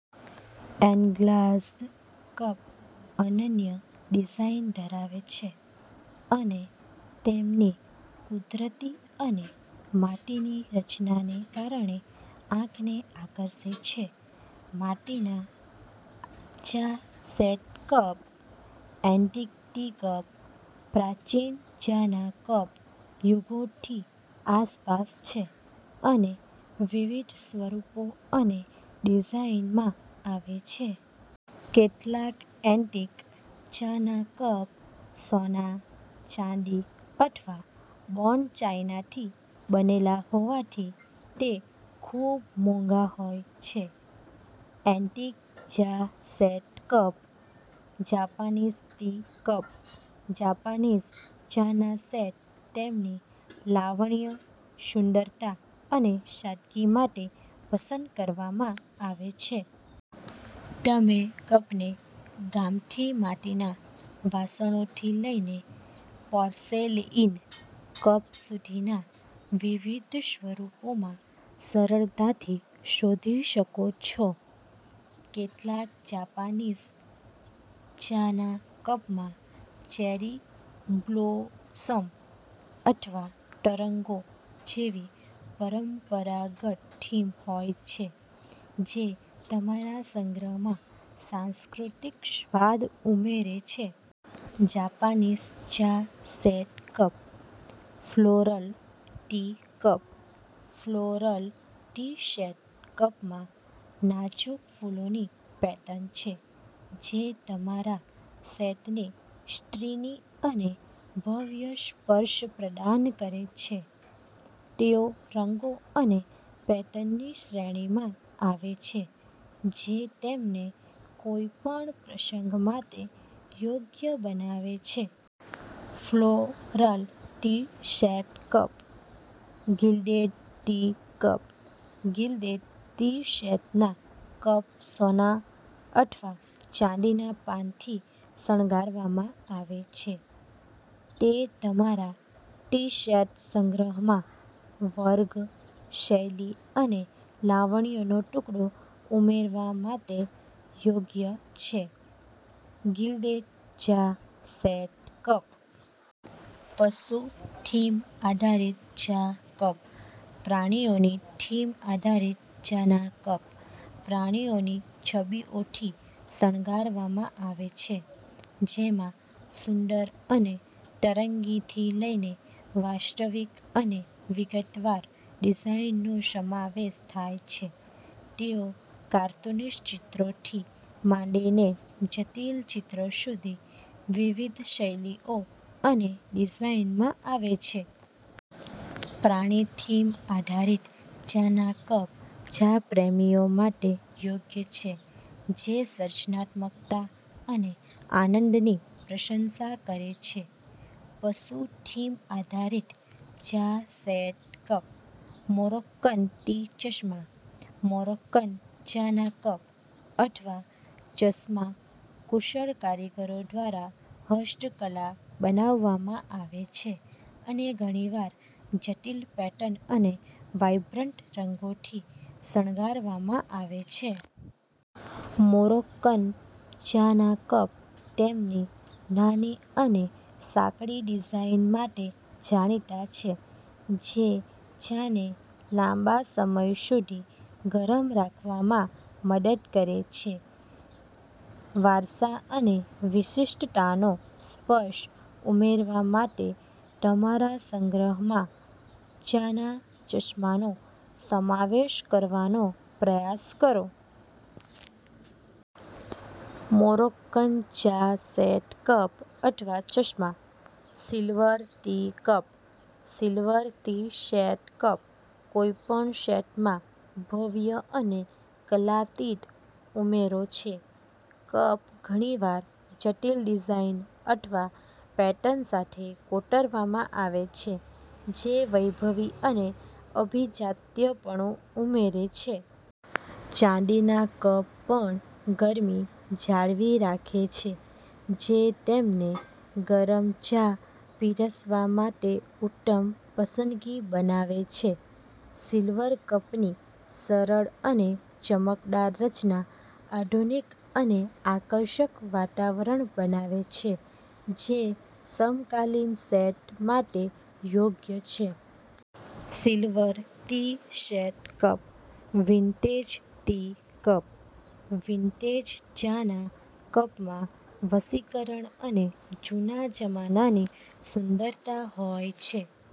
Unglazed cup અનન્ય design ધરાવે છે અને તેમની કુદરતી અને માટીની રચનાને કારણે આંખને આકર્ષે છે. માટીના ચા set cup. Antique tea cup. પ્રાચીન ચાના કપ યુગોથી આસપાસ છે અને વિવિધ સ્વરૂપો અને ડિઝાઇનમાં આવે છે. કેટલાક એન્ટિક ચાના કપ સોના, ચાંદી અથવા બોન ચાઈનાથી બનેલા હોવાથી તે ખૂબ મોંઘા હોય છે. એન્ટિક ચા set cup. Japanese tea cup. Japanese ચાના સેટ તેમની લાવણ્ય, સુંદરતા અને સાદગી માટે પસંદ કરવામાં આવે છે. તમે કપને ગામઠી માટીના વાસણોથી લઈને પોર્સેલેઈન કપ સુધીના વિવિધ સ્વરૂપોમાં સરળતાથી શોધી શકો છો. કેટલાક જાપાનીઝ ચાના કપમાં ચેરી બ્લોસમ અથવા તરંગો જેવી પરંપરાગત થીમ હોય છે, જે તમારા સંગ્રહમાં સાંસ્કૃતિક સ્વાદ ઉમેરે છે. જાપાનીઝ ચા set cup. Floral tea cup. Floral tea set કપમાં નાજુક ફૂલોની પેટર્ન છે જે તમારા સેટને સ્ત્રીની અને ભવ્ય સ્પર્શ પ્રદાન કરે છે. તેઓ રંગો અને પેટર્નની શ્રેણીમાં આવે છે, જે તેમને કોઈપણ પ્રસંગ માટે યોગ્ય બનાવે છે. Floral tea set cup. Gilded tea cup. Gilded tea સેટના કપ સોના અથવા ચાંદીના પાનથી શણગારવામાં આવે છે. તે તમારા ટી સેટ સંગ્રહમાં વર્ગ, શૈલી અને લાવણ્યનો ટુકડો ઉમેરવા માટે યોગ્ય છે. ગિલ્ડેડ ચા સેટ કપ. પશુ-થીમ આધારિત ચા કપ. પ્રાણીઓની થીમ આધારિત ચાના કપ પ્રાણીઓની છબીઓથી શણગારવામાં આવે છે, જેમાં સુંદર અને તરંગીથી લઈને વાસ્તવિક અને વિગતવાર ડિઝાઇનનો સમાવેશ થાય છે. તેઓ કાર્ટૂનિશ ચિત્રોથી માંડીને જટિલ ચિત્રો સુધી વિવિધ શૈલીઓ અને ડિઝાઇનમાં આવે છે. પ્રાણી-થીમ આધારિત ચાના કપ ચા પ્રેમીઓ માટે યોગ્ય છે જે સર્જનાત્મકતા અને આનંદની પ્રશંસા કરે છે. પશુ-થીમ આધારિત ચા સેટ કપ. મોરોક્કન ટી ચશ્મા. મોરોક્કન ચાના કપ અથવા ચશ્મા કુશળ કારીગરો દ્વારા હસ્તકલા બનાવવામાં આવે છે અને ઘણીવાર જટિલ પેટર્ન અને વાઇબ્રન્ટ રંગોથી શણગારવામાં આવે છે. મોરોક્કન ચાના કપ તેમની નાની અને સાંકડી ડિઝાઇન માટે જાણીતા છે, જે ચાને લાંબા સમય સુધી ગરમ રાખવામાં મદદ કરે છે. વારસા અને વિશિષ્ટતાનો સ્પર્શ ઉમેરવા માટે તમારા સંગ્રહમાં ચાના ચશ્માનો સમાવેશ કરવાનો પ્રયાસ કરો. મોરોક્કન ચા સેટ કપ અથવા ચશ્મા. Silver tea cup. Silver tea set cup કોઈપણ સેટમાં ભવ્ય અને કાલાતીત ઉમેરો છે. કપ ઘણીવાર જટિલ ડિઝાઇન અથવા પેટર્ન સાથે કોટરવામાં આવે છે, જે વૈભવી અને અભિજાત્યપણુ ઉમેરે છે. ચાંદીના કપ પણ ગરમી જાળવી રાખે છે, જે તેમને ગરમ ચા પીરસવા માટે ઉત્તમ પસંદગી બનાવે છે. સિલ્વર કપની સરળ અને ચમકદાર રચના આધુનિક અને આકર્ષક વાતાવરણ બનાવે છે, જે સમકાલીન સેટ માટે યોગ્ય છે. Silver tea set cup. Vintage tea cup. Vintage ચાના કપમાં વશીકરણ અને જૂના જમાનાની સુંદરતા હોય છે.